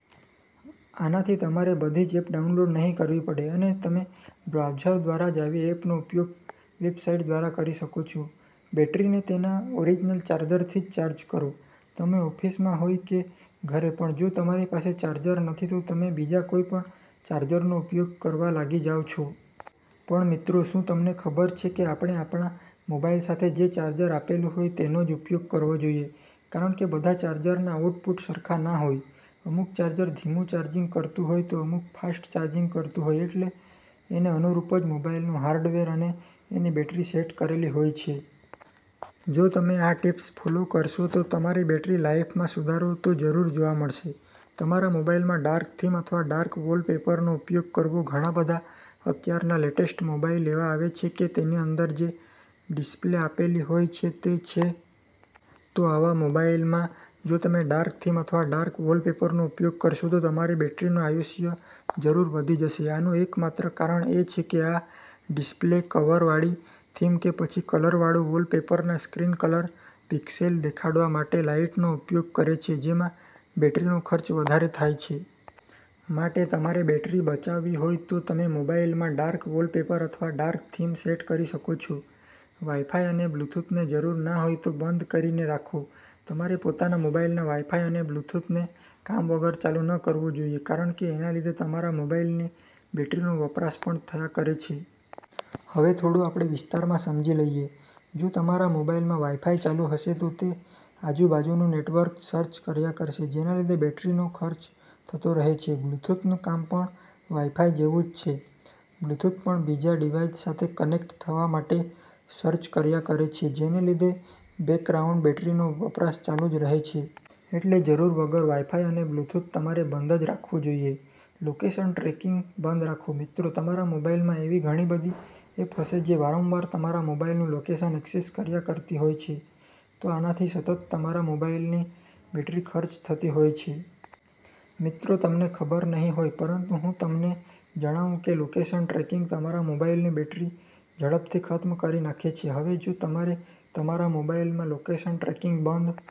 આનાથી તમારે બધી જ એપ ડાઉનલોડ નહીં કરવી પડે અને તમે બ્રાઉઝર દ્વારા જ આવી એપનો ઉપયોગ વેબસાઇટ દ્વારા કરી શકો છો. બેટરીને તેના ઓરિજિનલ ચાર્જરથી જ ચાર્જ કરો તમે ઓફીસમાં હોય કે ઘરે પણ જો તમારી પાસે ચાર્જર નથી તો તમે બીજા કોઈ પણ ચાર્જરનો ઉપયોગ કરવા લાગી જાવ છો. પણ મિત્રો શુ તમને ખબર છે કે આપણે આપણા મોબાઈલ સાથે જે ચાર્જર આપેલું હોય તેનો જ ઉપયોગ કરવો જોઈએ કારણ કે બધા ચાર્જરના આઉટપુટ સરખા ના હોય, અમુક ચાર્જર ધીમું ચાર્જિંગ કરતું હોય તો અમુક ફાસ્ટ ચાર્જિંગ કરતું હોય એટલે એને અનુરૂપ જ મોબાઈલનું હાર્ડવેર અને એની બેટરી સેટ કરેલી હોય છે. જો તમે આ ટિપ્સ ફોલો કરશો તો તમારી બેટરી લાઈફમાં સુધારો તો જરૂર જોવા મળશે. તમારા મોબાઈલમાં ડાર્ક થીમ અથવા ડાર્ક વોલપેપરનો ઉપયોગ કરવો ઘણા બધા અત્યારના લેટેસ્ટ મોબાઈલ એવા આવે છે કે તેની અંદર જે ડિસ્પ્લે આપેલી હોય છે તે છે. તો આવા મોબાઈલમાં જો તમે ડાર્ક થીમ અથવા ડાર્ક વોલપેપરનો ઉપયોગ કરશો તો તમારી બેટરીનું આયુષ્ય જરૂર વધી જશે. આનું એક માત્ર કારણ એ છે કે આ ડિસ્પ્લે કલર વાળી થીમ કે પછી કલર વાળું વોલપેપરના સ્ક્રીન કલર પિક્સેલ દેખાડવા માટે લાઈટનો ઉપયોગ કરે છે જેમાં બેટરીનો ખર્ચ વધારે થાય છે. માટે તમારે બેટરી બચાવી હોય તો તમે મોબાઇલમાં ડાર્ક વોલપેપર અથવા ડાર્ક થીમ સેટ કરી શકો છો. વાઈફાઈ અને બ્લૂટૂથને જરૂર ના હોય તો બંધ કરી ને રાખો તમારે પોતાના મોબાઇલના વાઈફાઈ અને બ્લૂટૂથને કામ વગર ચાલુ ન કરવું જોઈએ કારણ કે એના લીધે તમારા મોબાઈલની બેટરીનો વપરાશ પણ થયા કરે છે. હવે આપણે થોડું વિસ્તારમાં સમજી લઈએ, જો તમારા મોબાઈલમાં વાઈફાઈ ચાલુ હશે તો તે આજુ બાજુનું નેટવર્ક સર્ચ કર્યા કરશે જેના લીધે બેટરીનો ખર્ચ થતો રહે છે. બ્લ્યુટૂથનું કામ પણ વાઈફાઈ જેવું જ છે બ્લ્યુટૂથ પણ બીજા ડીવાઈસ સાથે કનેક્ટ થવા માટે સર્ચ કર્યા કરે છે જેને લીધે બૅકગ્રાઉન્ડમાં બેટરીનો વપરાશ ચાલુ જ રહે છે. એટલે જરૂર વગર વાઈફાઈ અને બ્લટૂથ તમારે બંધ જ રાખવું જોઈએ. લોકેશન ટ્રેકિંગ બંધ રાખો મિત્રો તમારા મોબાઈલમાં એવી ઘણી બધી એપ હશે જે વારંવાર તમારા મોબાઈલનું લોકેશન ઍક્સેસ કર્યા કરતી હોય છે તો આનાથી સતત તમારા મોબાઈલની બેટરી ખર્ચ થતી હોય છે. મિત્રો તમને ખબર નહિ હોય પરંતુ હું તમને જણાવું કે લોકેશન ટ્રેકિંગ તમારા મોબાઈલની બેટરી ઝડપથી ખત્મ કરી નાખે છે. હવે જો તમારે તમારા મોબાઈલમાં લોકેશન ટ્રેકિંગ બંધ